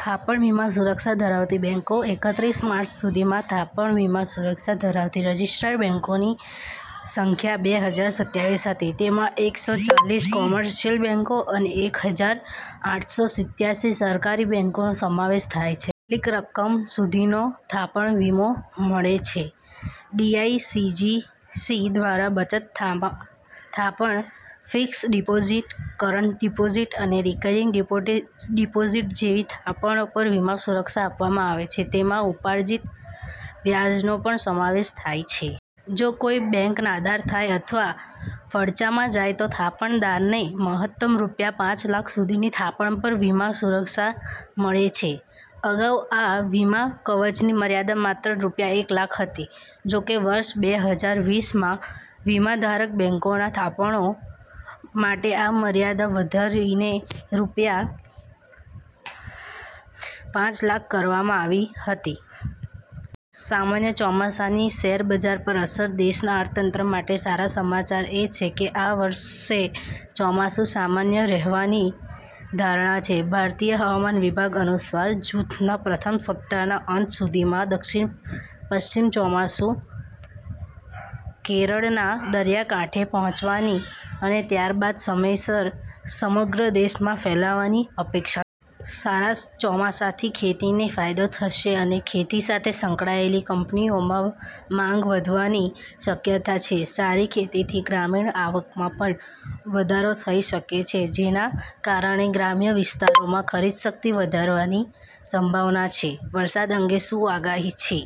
થાપણ વીમા સુરક્ષા ધરાવતી બેંકો એકત્રીસ માર્ચ સુધીમાં થાપણ વીમા સુરક્ષા ધરાવતી રજિસ્ટર્ડ બેંકોની સંખ્યા બે હજાર સત્તાવીસ હતી. તેમાં એકસો ચાલીસ કોમર્શિયલ બેંકો અને એક હજાર આઠસો સિત્યાસી સહકારી બેંકોનો સમાવેશ થાય છે. કેટલી રકમ સુધીનો થાપણ વીમો મળે છે? ડીઆઈસીજીસી દ્વારા બચત થાપણ, ફિક્સ્ડ ડિપોઝિટ, કરંટ ડિપોઝિટ અને રિકરિંગ ડિપોઝિટ જેવી થાપણો પર વીમા સુરક્ષા આપવામાં આવે છે. તેમાં ઉપાર્જિત વ્યાજનો પણ સમાવેશ થાય છે. જો કોઈ બેંક નાદાર થાય અથવા ફડચામાં જાય, તો થાપણદારને મહત્તમ રૂપિયા પાંચ લાખ સુધીની થાપણ પર વીમા સુરક્ષા મળે છે. અગાઉ આ વીમા કવચની મર્યાદા માત્ર રૂપિયા એક લાખ હતી. જોકે, વર્ષ બે હજાર વીસમાં વીમાધારક બેંકોના થાપણદારો માટે આ મર્યાદા વધારીને રૂપિયા પાંચ લાખ કરવામાં આવી હતી. સામાન્ય ચોમાસાની શેરબજાર પર અસર દેશના અર્થતંત્ર માટે સારા સમાચાર એ છે કે આ વર્ષે ચોમાસું સામાન્ય રહેવાની ધારણા છે. ભારતીય હવામાન વિભાગ અનુસાર, જૂનના પ્રથમ સપ્તાહના અંત સુધીમાં દક્ષિણ-પશ્ચિમ ચોમાસું કેરળના દરિયાકાંઠે પહોંચવાની અને ત્યારબાદ સમયસર સમગ્ર દેશમાં ફેલાવાની અપેક્ષા છે. સારા ચોમાસાથી ખેતીને ફાયદો થશે અને ખેતી સાથે સંકળાયેલી કંપનીઓમાં માંગ વધવાની શક્યતા છે. સારી ખેતીથી ગ્રામીણ આવકમાં પણ વધારો થઈ શકે છે, જેના કારણે ગ્રામ્ય વિસ્તારોમાં ખરીદશક્તિ વધવાની સંભાવના છે. વરસાદ અંગે શું આગાહી છે?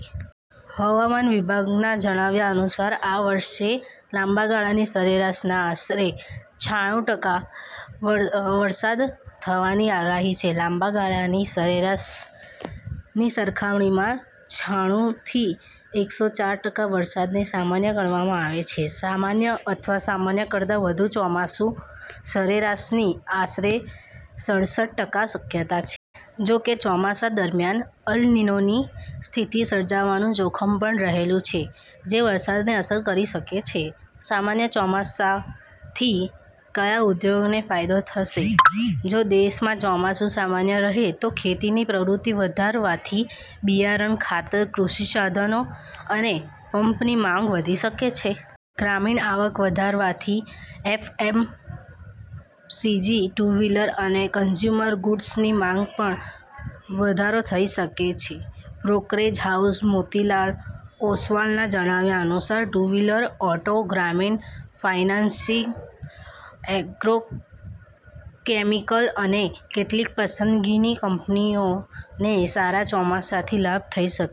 હવામાન વિભાગના જણાવ્યા અનુસાર, આ વર્ષે લાંબા ગાળાની સરેરાશના આશરે છાણું ટકા વરસાદ થવાની આગાહી છે. લાંબા ગાળાની સરેરાશની સરખામણીમાં છાણુંથી એકસો ચાર ટકા વરસાદને સામાન્ય ગણવામાં આવે છે. સામાન્ય અથવા સામાન્ય કરતાં વધુ ચોમાસું રહેવાની આશરે સડસઠ ટકા શક્યતા છે. જોકે, ચોમાસા દરમિયાન અલ નીનોની સ્થિતિ સર્જાવાનું જોખમ પણ રહેલું છે, જે વરસાદને અસર કરી શકે છે. સામાન્ય ચોમાસાથી કયા ઉદ્યોગોને ફાયદો થશે? જો દેશમાં ચોમાસું સામાન્ય રહે, તો ખેતીની પ્રવૃત્તિઓ વધવાથી બિયારણ, ખાતર, કૃષિ સાધનો અને પંપની માંગ વધી શકે છે. ગ્રામીણ આવક વધવાથી એફએમસીજી, ટુ-વ્હીલર અને કન્ઝ્યુમર ગુડ્સની માંગમાં પણ વધારો થઈ શકે છે. બ્રોકરેજ હાઉસ મોતીલાલ ઓસવાલના જણાવ્યા અનુસાર, ટુ-વ્હીલર, ઓટો, ગ્રામીણ ફાઇનાન્સિંગ, એગ્રોકેમિકલ અને કેટલીક પસંદગીની કંપનીઓને સારા ચોમાસાથી લાભ થઈ શકે.